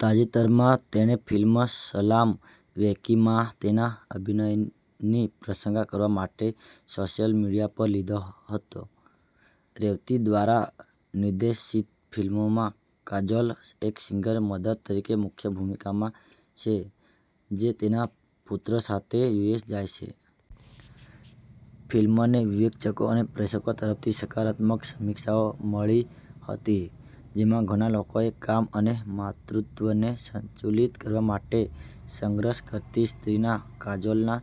તાજેતરમાં, તેણે ફિલ્મ 'સલામ વેંકી'માં તેના અભિનયની પ્રશંસા કરવા માટે સોશિયલ મીડિયા પર લીધો હતો. રેવતી દ્વારા નિર્દેશિત ફિલ્મોમાં કાજોલ એક સિંગલ મધર તરીકે મુખ્ય ભૂમિકામાં છે જે તેના પુત્ર સાથે યુએસ જાય છે. ફિલ્મને વિવેચકો અને પ્રેક્ષકો તરફથી સકારાત્મક સમીક્ષાઓ મળી હતી, જેમાં ઘણા લોકોએ કામ અને માતૃત્વને સંતુલિત કરવા માટે સંઘરસ કરતી સ્ત્રીના કાજોલના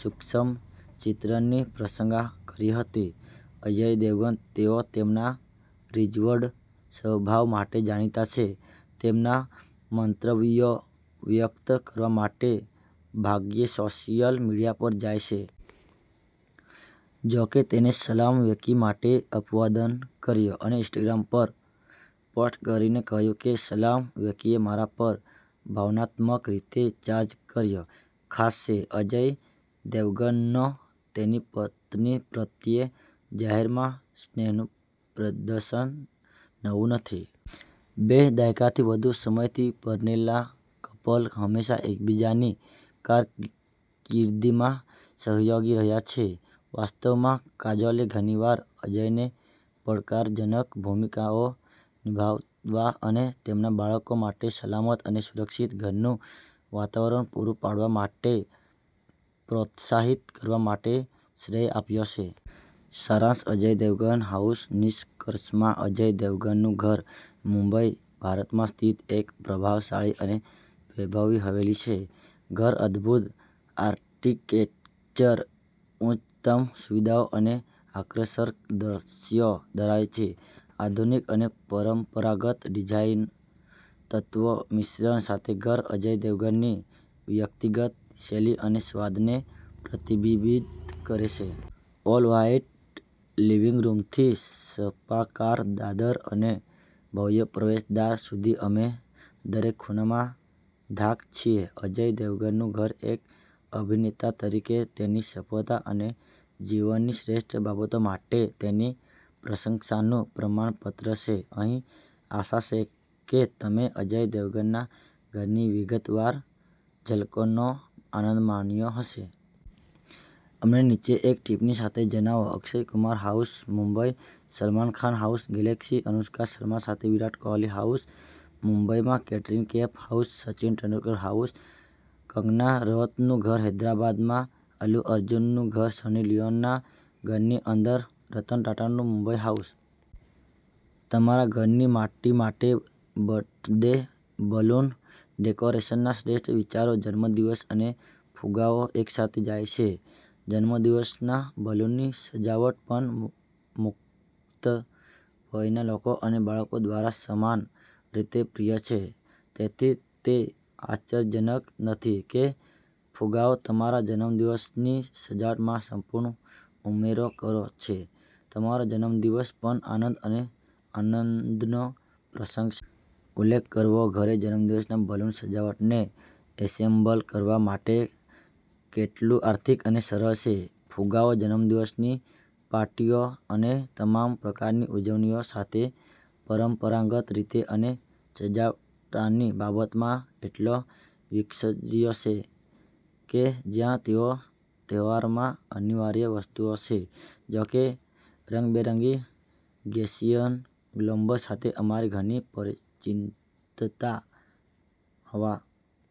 સૂક્ષ્મ ચિત્રની પ્રશંગા કરી હતી. અજય દેવગણ, જેઓ તેમના રિઝર્વ્ડ સ્વભાવ માટે જાણીતા છે, તેમના મંતવ્યો વ્યક્ત કરવા માટે ભાગ્યેસોશિયલ મીડિયા પર જાય છે. જો કે, તેણે 'સલામ વેંકી' માટે અપવાદ કર્યો, અને ઇન્સ્ટાગ્રામ પર પોસ્ટ કરીને કહ્યું કે "સલામ વેંકીએ મારા પર ભાવનાત્મક રીતે 'ચાર્જ' કર્યો. ખાસ છે. " અજય દેવગણનો તેની પત્ની પ્રત્યે જાહેરમાં સ્નેહનું પ્રદર્શન નવું નથી. બે દાયકાથી વધુ સમયથી પરણેલાકપલ હંમેશા એકબીજાની કારકિર્દીમાં સહયોગી રહ્યા છે. વાસ્તવમાં, કાજોલે ઘણીવાર અજયને પડકારજનક ભૂમિકાઓ નિભાવવા અને તેમના બાળકો માટે સલામત અને સુરક્ષિત ઘરનું વાતાવરણ પૂરું પાડવા માટે પ્રોત્સાહિત કરવા માટે શ્રેય આપ્યો છે. સારાંશઅજય દેવગન હાઉસ નિષ્કર્ષમાં, અજય દેવગણનું ઘર મુંબઈ, ભારતમાં સ્થિત એક પ્રભાવશાળી અને વૈભવી હવેલી છે. ઘર અદભૂત આર્કિટેચર, ઉચ્ચતમ સુવિધાઓ અને આકર્ષક દૃશ્યો ધરાવે છે. આધુનિક અને પરંપરાગત ડિઝાઇન તત્વોના મિશ્રણ સાથે, ઘર અજય દેવગનની વ્યક્તિગત શૈલી અને સ્વાદને પ્રતિબિબિત કરે છે. ઓલ-વ્હાઇટ લિવિંગ રૂમથી સર્પાકાર દાદર અને ભવ્ય પ્રવેશ દ્વાર સુધી, અમે દરેક ખૂણામાં ધાક છીએ. અજય દેવગનનું ઘર એક અભિનેતા તરીકે તેની સફળતા અને જીવનની શ્રેષ્ઠ બાબતો માટે તેની પ્રશંસાનું પ્રમાણપત્ર છે. અહીં આશા સે કે તમે અજય દેવગનના ઘરની વિગતવાર ઝલકોનો આનંદ માણ્યો હશે. અમને નીચે એક ટિપ્પણી સાથે જણાવો. Akshay Kumar house Mumbai Salman Khan house Galaxy Anushka Sharma સાથે વિરાટ કોહલી હાઉસ મુંબઈમાં કેટરિના કૈફ હાઉસ સચિન તેંડુલકર હાઉસ કંગના રોતનું ઘર હૈદરાબાદમાં અલ્લુ અર્જુનનું ઘર સની લિયોનીના ઘરની અંદર રતન ટાટાનું મુંબઈ હાઉસ। તમારા ઘરની માટી માટે બર્થડે બલૂન ડેકોરેશનના શ્રેષ્ઠ વિચારો જન્મદિવસ અને ફુગ્ગાઓ એકસાથે જાય છે. જન્મદિવસના બલૂનની સજાવટ પણ મુ મુખ્ત વયના લોકો અને બાળકો દ્વારા સમાન રીતે પ્રિય છે. તેથી, તે આશ્ચર્યજનક નથી કે ફુગ્ગાઓ તમારા જન્મદિવસની સજાવટમાં સંપૂર્ણ ઉમેરો કરે છે, તમારો જન્મદિવસ પણ આનંદ અને આનંદનો પ્રસંગ સે. ઉલ્લેખકરવો, ઘરે જન્મદિવસના બલૂન સજાવટને એસેમ્બલ કરવા માટે કેટલું આર્થિક અને સરળ છે. ફુગ્ગાઓ જન્મદિવસની પાર્ટીઓ અને તમામ પ્રકારની ઉજવણીઓ સાથે પરંપરાગત રીતે અને સગવડતાની બાબતમાં એટલો વિકસ્યો છે કે જ્યાં તેઓ તહેવારોમાં અનિવાર્ય વસ્તુ છે. જો કે, રંગબેરંગી ગેસિયસ ગ્લોબ્સ સાથે અમારી ઘણી પરિચિનતતા હોવા